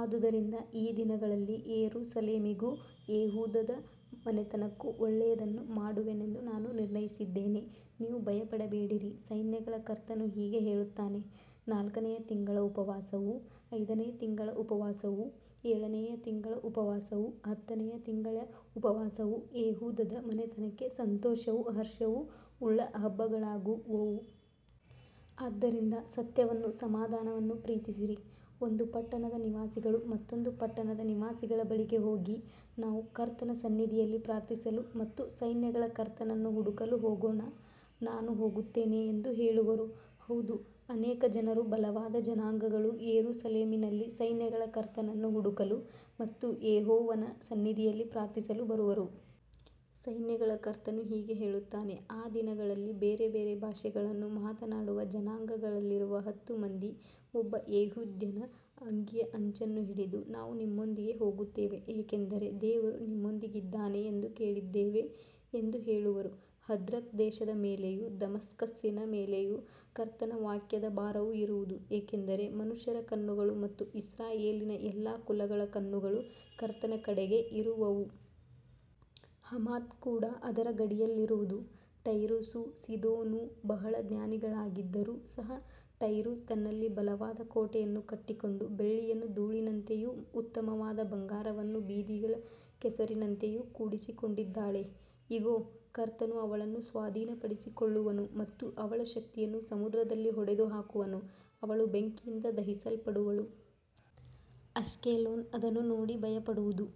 ಆದುದರಿಂದ ಈ ದಿನಗಳಲ್ಲಿ ಯೆರೂಸಲೇಮಿಗೂ ಯೆಹೂದದ ಮನೆತನಕ್ಕೂ ಒಳ್ಳೆಯದನ್ನು ಮಾಡುವೆನೆಂದು ನಾನು ನಿರ್ಣಯಿಸಿದ್ದೇನೆ. ನೀವು ಭಯಪಡಬೇಡಿರಿ. ಸೈನ್ಯಗಳ ಕರ್ತನು ಹೀಗೆ ಹೇಳುತ್ತಾನೆ, ನಾಲ್ಕನೆಯ ತಿಂಗಳ ಉಪವಾಸವೂ, ಐದನೆಯ ತಿಂಗಳ ಉಪವಾಸವೂ, ಏಳನೆಯ ತಿಂಗಳ ಉಪವಾಸವೂ, ಹತ್ತನೆಯ ತಿಂಗಳ ಉಪವಾಸವೂ ಯೆಹೂದದ ಮನೆತನಕ್ಕೆ ಸಂತೋಷವೂ ಹರ್ಷವೂ ಉಳ್ಳ ಹಬ್ಬಗಳಾಗುವವು. ಆದ್ದರಿಂದ ಸತ್ಯವನ್ನೂ ಸಮಾಧಾನವನ್ನೂ ಪ್ರೀತಿಸಿರಿ. ಒಂದು ಪಟ್ಟಣದ ನಿವಾಸಿಗಳು ಮತ್ತೊಂದು ಪಟ್ಟಣದ ನಿವಾಸಿಗಳ ಬಳಿಗೆ ಹೋಗಿ, ನಾವು ಕರ್ತನ ಸನ್ನಿಧಿಯಲ್ಲಿ ಪ್ರಾರ್ಥಿಸಲು ಮತ್ತು ಸೈನ್ಯಗಳ ಕರ್ತನನ್ನು ಹುಡುಕಲು ಹೋಗೋಣ, ನಾನೂ ಹೋಗುತ್ತೇನೆ ಎಂದು ಹೇಳುವರು. ಹೌದು, ಅನೇಕ ಜನರೂ ಬಲವಾದ ಜನಾಂಗಗಳೂ ಯೆರೂಸಲೇಮಿನಲ್ಲಿ ಸೈನ್ಯಗಳ ಕರ್ತನನ್ನು ಹುಡುಕಲು ಮತ್ತು ಯೆಹೋವನ ಸನ್ನಿಧಿಯಲ್ಲಿ ಪ್ರಾರ್ಥಿಸಲು ಬರುವರು. ಸೈನ್ಯಗಳ ಕರ್ತನು ಹೀಗೆ ಹೇಳುತ್ತಾನೆ, ಆ ದಿನಗಳಲ್ಲಿ ಬೇರೆ ಬೇರೆ ಭಾಷೆಗಳನ್ನು ಮಾತನಾಡುವ ಜನಾಂಗಗಳಲ್ಲಿರುವ ಹತ್ತು ಮಂದಿ ಒಬ್ಬ ಯೆಹೂದ್ಯನ ಅಂಗಿಯ ಅಂಚನ್ನು ಹಿಡಿದು, ನಾವು ನಿಮ್ಮೊಂದಿಗೆ ಹೋಗುತ್ತೇವೆ, ಏಕೆಂದರೆ ದೇವರು ನಿಮ್ಮೊಂದಿಗಿದ್ದಾನೆ ಎಂದು ಕೇಳಿದ್ದೇವೆ ಎಂದು ಹೇಳುವರು. ಹದ್ರಕ್ ದೇಶದ ಮೇಲೆಯೂ ದಮಸ್ಕಸ್ಸಿನ ಮೇಲೆಯೂ ಕರ್ತನ ವಾಕ್ಯದ ಭಾರವು ಇರುವುದು, ಏಕೆಂದರೆ ಮನುಷ್ಯರ ಕಣ್ಣುಗಳು ಮತ್ತು ಇಸ್ರಾಯೇಲಿನ ಎಲ್ಲಾ ಕುಲಗಳ ಕಣ್ಣುಗಳು ಕರ್ತನ ಕಡೆಗೆ ಇರುವವು. ಹಮಾತ್ ಕೂಡ ಅದರ ಗಡಿಯಲ್ಲಿರುವುದು. ಟೈರೂಸೂ ಸೀದೋನೂ ಬಹಳ ಜ್ಞಾನಿಗಳಾಗಿದ್ದರೂ ಸಹ, ಟೈರೂ ತನ್ನಲ್ಲಿ ಬಲವಾದ ಕೋಟೆಯನ್ನು ಕಟ್ಟಿಕೊಂಡು ಬೆಳ್ಳಿಯನ್ನು ಧೂಳಿನಂತೆಯೂ ಉತ್ತಮವಾದ ಬಂಗಾರವನ್ನು ಬೀದಿಗಳ ಕೆಸರಿನಂತೆಯೂ ಕೂಡಿಸಿಕೊಂಡಿದ್ದಾಳೆ. ಇಗೋ, ಕರ್ತನು ಅವಳನ್ನು ಸ್ವಾಧೀನಪಡಿಸಿಕೊಳ್ಳುವನು ಮತ್ತು ಅವಳ ಶಕ್ತಿಯನ್ನು ಸಮುದ್ರದಲ್ಲಿ ಹೊಡೆದುಹಾಕುವನು, ಅವಳು ಬೆಂಕಿಯಿಂದ ದಹಿಸಲ್ಪಡುವಳು. ಅಷ್ಕೆಲೋನ್ ಅದನ್ನು ನೋಡಿ ಭಯಪಡುವುದು,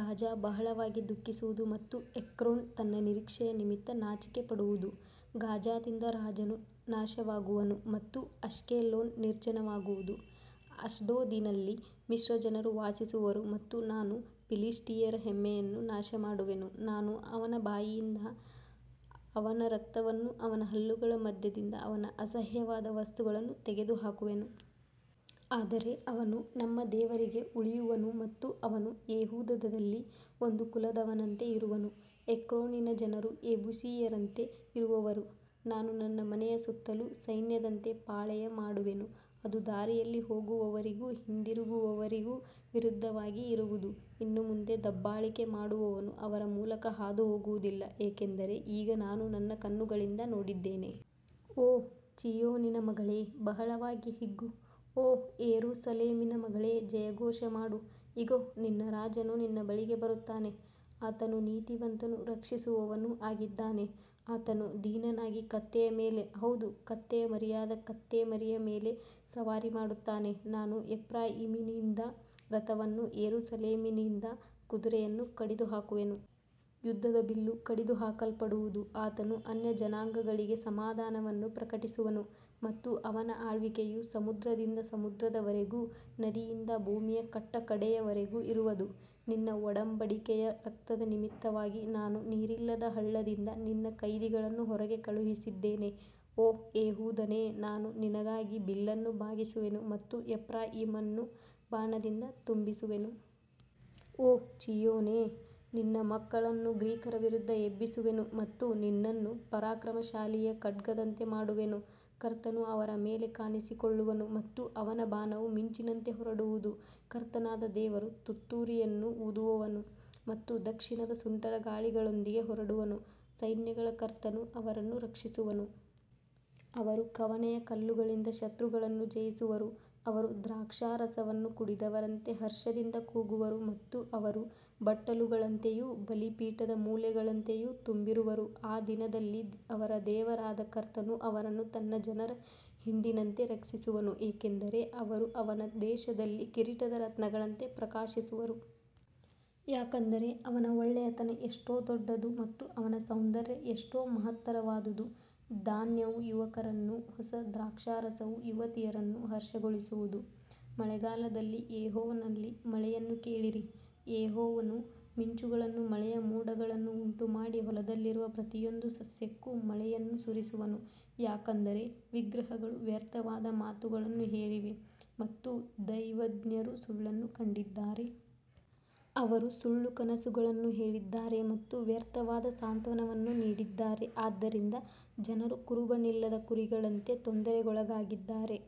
ಗಾಜಾ ಬಹಳವಾಗಿ ದುಃಖಿಸುವುದು ಮತ್ತು ಎಕ್ರೋನ್ ತನ್ನ ನಿರೀಕ್ಷೆಯ ನಿಮಿತ್ತ ನಾಚಿಕೆಪಡುವುದು. ಗಾಜಾದಿಂದ ರಾಜನು ನಾಶವಾಗುವನು ಮತ್ತು ಅಷ್ಕೆಲೋನ್ ನಿರ್ಜನವಾಗುವುದು. ಅಷ್ಡೋದಿನಲ್ಲಿ ಮಿಶ್ರಜನರು ವಾಸಿಸುವರು ಮತ್ತು ನಾನು ಫಿಲಿಷ್ಟಿಯರ ಹೆಮ್ಮೆಯನ್ನು ನಾಶಮಾಡುವೆನು. ನಾನು ಅವನ ಬಾಯಿಂದ ಅವನ ರಕ್ತವನ್ನೂ ಅವನ ಹಲ್ಲುಗಳ ಮಧ್ಯದಿಂದ ಅವನ ಅಸಹ್ಯವಾದ ವಸ್ತುಗಳನ್ನೂ ತೆಗೆದುಹಾಕುವೆನು. ಆದರೆ ಅವನು ನಮ್ಮ ದೇವರಿಗೆ ಉಳಿಯುವನು ಮತ್ತು ಅವನು ಯೆಹೂದದಲ್ಲಿ ಒಂದು ಕುಲದವನಂತೆ ಇರುವನು. ಎಕ್ರೋನಿನ ಜನರು ಯೆಬೂಸಿಯರಂತೆ ಇರುವವರು. ನಾನು ನನ್ನ ಮನೆಯ ಸುತ್ತಲೂ ಸೈನ್ಯದಂತೆ ಪಾಳೆಯ ಮಾಡುವೆನು, ಅದು ದಾರಿಯಲ್ಲಿ ಹೋಗುವವರಿಗೂ ಹಿಂದಿರುಗುವವರಿಗೂ ವಿರುದ್ಧವಾಗಿ ಇರುವುದು. ಇನ್ನು ಮುಂದೆ ದಬ್ಬಾಳಿಕೆ ಮಾಡುವವನು ಅವರ ಮೂಲಕ ಹಾದುಹೋಗುವುದಿಲ್ಲ, ಏಕೆಂದರೆ ಈಗ ನಾನು ನನ್ನ ಕಣ್ಣುಗಳಿಂದ ನೋಡಿದ್ದೇನೆ. ಓ ಚೀಯೋನಿನ ಮಗಳೇ, ಬಹಳವಾಗಿ ಹಿಗ್ಗು. ಓ ಯೆರೂಸಲೇಮಿನ ಮಗಳೇ, ಜಯಘೋಷ ಮಾಡು. ಇಗೋ, ನಿನ್ನ ರಾಜನು ನಿನ್ನ ಬಳಿಗೆ ಬರುತ್ತಾನೆ. ಆತನು ನೀತಿವಂತನೂ ರಕ್ಷಿಸುವವನೂ ಆಗಿದ್ದಾನೆ. ಆತನು ದೀನನಾಗಿ ಕತ್ತೆಯ ಮೇಲೆ, ಹೌದು, ಕತ್ತೆಯ ಮರಿಯಾದ ಕತ್ತೆಮರಿಯ ಮೇಲೆ ಸವಾರಿ ಮಾಡುತ್ತಾನೆ. ನಾನು ಎಫ್ರಾಯೀಮಿನಿಂದ ರಥವನ್ನೂ ಯೆರೂಸಲೇಮಿನಿಂದ ಕುದುರೆಯನ್ನೂ ಕಡಿದುಹಾಕುವೆನು. ಯುದ್ಧದ ಬಿಲ್ಲು ಕಡಿದುಹಾಕಲ್ಪಡುವುದು. ಆತನು ಅನ್ಯಜನಾಂಗಗಳಿಗೆ ಸಮಾಧಾನವನ್ನು ಪ್ರಕಟಿಸುವನು ಮತ್ತು ಅವನ ಆಳ್ವಿಕೆಯು ಸಮುದ್ರದಿಂದ ಸಮುದ್ರದವರೆಗೂ, ನದಿಯಿಂದ ಭೂಮಿಯ ಕಟ್ಟಕಡೆಯವರೆಗೂ ಇರುವದು. ನಿನ್ನ ಒಡಂಬಡಿಕೆಯ ರಕ್ತದ ನಿಮಿತ್ತವಾಗಿ ನಾನು ನೀರಿಲ್ಲದ ಹಳ್ಳದಿಂದ ನಿನ್ನ ಕೈದಿಗಳನ್ನು ಹೊರಗೆ ಕಳುಹಿಸಿದ್ದೇನೆ. ಓ ಯೆಹೂದನೇ, ನಾನು ನಿನಗಾಗಿ ಬಿಲ್ಲನ್ನು ಬಾಗಿಸುವೆನು ಮತ್ತು ಎಫ್ರಾಯೀಮನ್ನು ಬಾಣದಿಂದ ತುಂಬಿಸುವೆನು. ಓ ಚೀಯೋನೇ, ನಿನ್ನ ಮಕ್ಕಳನ್ನು ಗ್ರೀಕರ ವಿರುದ್ಧ ಎಬ್ಬಿಸುವೆನು ಮತ್ತು ನಿನ್ನನ್ನು ಪರಾಕ್ರಮಶಾಲಿಯ ಖಡ್ಗದಂತೆ ಮಾಡುವೆನು. ಕರ್ತನು ಅವರ ಮೇಲೆ ಕಾಣಿಸಿಕೊಳ್ಳುವನು ಮತ್ತು ಅವನ ಬಾಣವು ಮಿಂಚಿನಂತೆ ಹೊರಡುವುದು. ಕರ್ತನಾದ ದೇವರು ತುತ್ತೂರಿಯನ್ನು ಊದುವನು ಮತ್ತು ದಕ್ಷಿಣದ ಸುಂಟರಗಾಳಿಗಳೊಂದಿಗೆ ಹೊರಡುವನು. ಸೈನ್ಯಗಳ ಕರ್ತನು ಅವರನ್ನು ರಕ್ಷಿಸುವನು. ಅವರು ಕವಣೆಯ ಕಲ್ಲುಗಳಿಂದ ಶತ್ರುಗಳನ್ನು ಜಯಿಸುವರು. ಅವರು ದ್ರಾಕ್ಷಾರಸವನ್ನು ಕುಡಿದವರಂತೆ ಹರ್ಷದಿಂದ ಕೂಗುವರು ಮತ್ತು ಅವರು ಬಟ್ಟಲುಗಳಂತೆಯೂ ಬಲಿಪೀಠದ ಮೂಲೆಗಳಂತೆಯೂ ತುಂಬಿರುವರು. ಆ ದಿನದಲ್ಲಿ ಅವರ ದೇವರಾದ ಕರ್ತನು ಅವರನ್ನು ತನ್ನ ಜನರ ಹಿಂಡಿನಂತೆ ರಕ್ಷಿಸುವನು, ಏಕೆಂದರೆ ಅವರು ಅವನ ದೇಶದಲ್ಲಿ ಕಿರೀಟದ ರತ್ನಗಳಂತೆ ಪ್ರಕಾಶಿಸುವರು. ಯಾಕಂದರೆ ಅವನ ಒಳ್ಳೆಯತನ ಎಷ್ಟೋ ದೊಡ್ಡದು ಮತ್ತು ಅವನ ಸೌಂದರ್ಯ ಎಷ್ಟೋ ಮಹತ್ತರವಾದುದು. ಧಾನ್ಯವು ಯುವಕರನ್ನೂ ಹೊಸ ದ್ರಾಕ್ಷಾರಸವು ಯುವತಿಯರನ್ನೂ ಹರ್ಷಗೊಳಿಸುವುದು. ಮಳೆಗಾಲದಲ್ಲಿ ಯೆಹೋವನಲ್ಲಿ ಮಳೆಯನ್ನು ಕೇಳಿರಿ. ಯೆಹೋವನು ಮಿಂಚುಗಳನ್ನೂ ಮಳೆಯ ಮೋಡಗಳನ್ನೂ ಉಂಟುಮಾಡಿ ಹೊಲದಲ್ಲಿರುವ ಪ್ರತಿಯೊಂದು ಸಸ್ಯಕ್ಕೂ ಮಳೆಯನ್ನು ಸುರಿಸುವನು. ಯಾಕಂದರೆ ವಿಗ್ರಹಗಳು ವ್ಯರ್ಥವಾದ ಮಾತುಗಳನ್ನು ಹೇಳಿವೆ ಮತ್ತು ದೈವಜ್ಞರು ಸುಳ್ಳನ್ನು ಕಂಡಿದ್ದಾರೆ. ಅವರು ಸುಳ್ಳು ಕನಸುಗಳನ್ನು ಹೇಳಿದ್ದಾರೆ ಮತ್ತು ವ್ಯರ್ಥವಾದ ಸಾಂತ್ವನವನ್ನು ನೀಡಿದ್ದಾರೆ. ಆದ್ದರಿಂದ ಜನರು ಕುರುಬನಿಲ್ಲದ ಕುರಿಗಳಂತೆ ತೊಂದರೆಗೊಳಗಾಗಿದ್ದಾರೆ.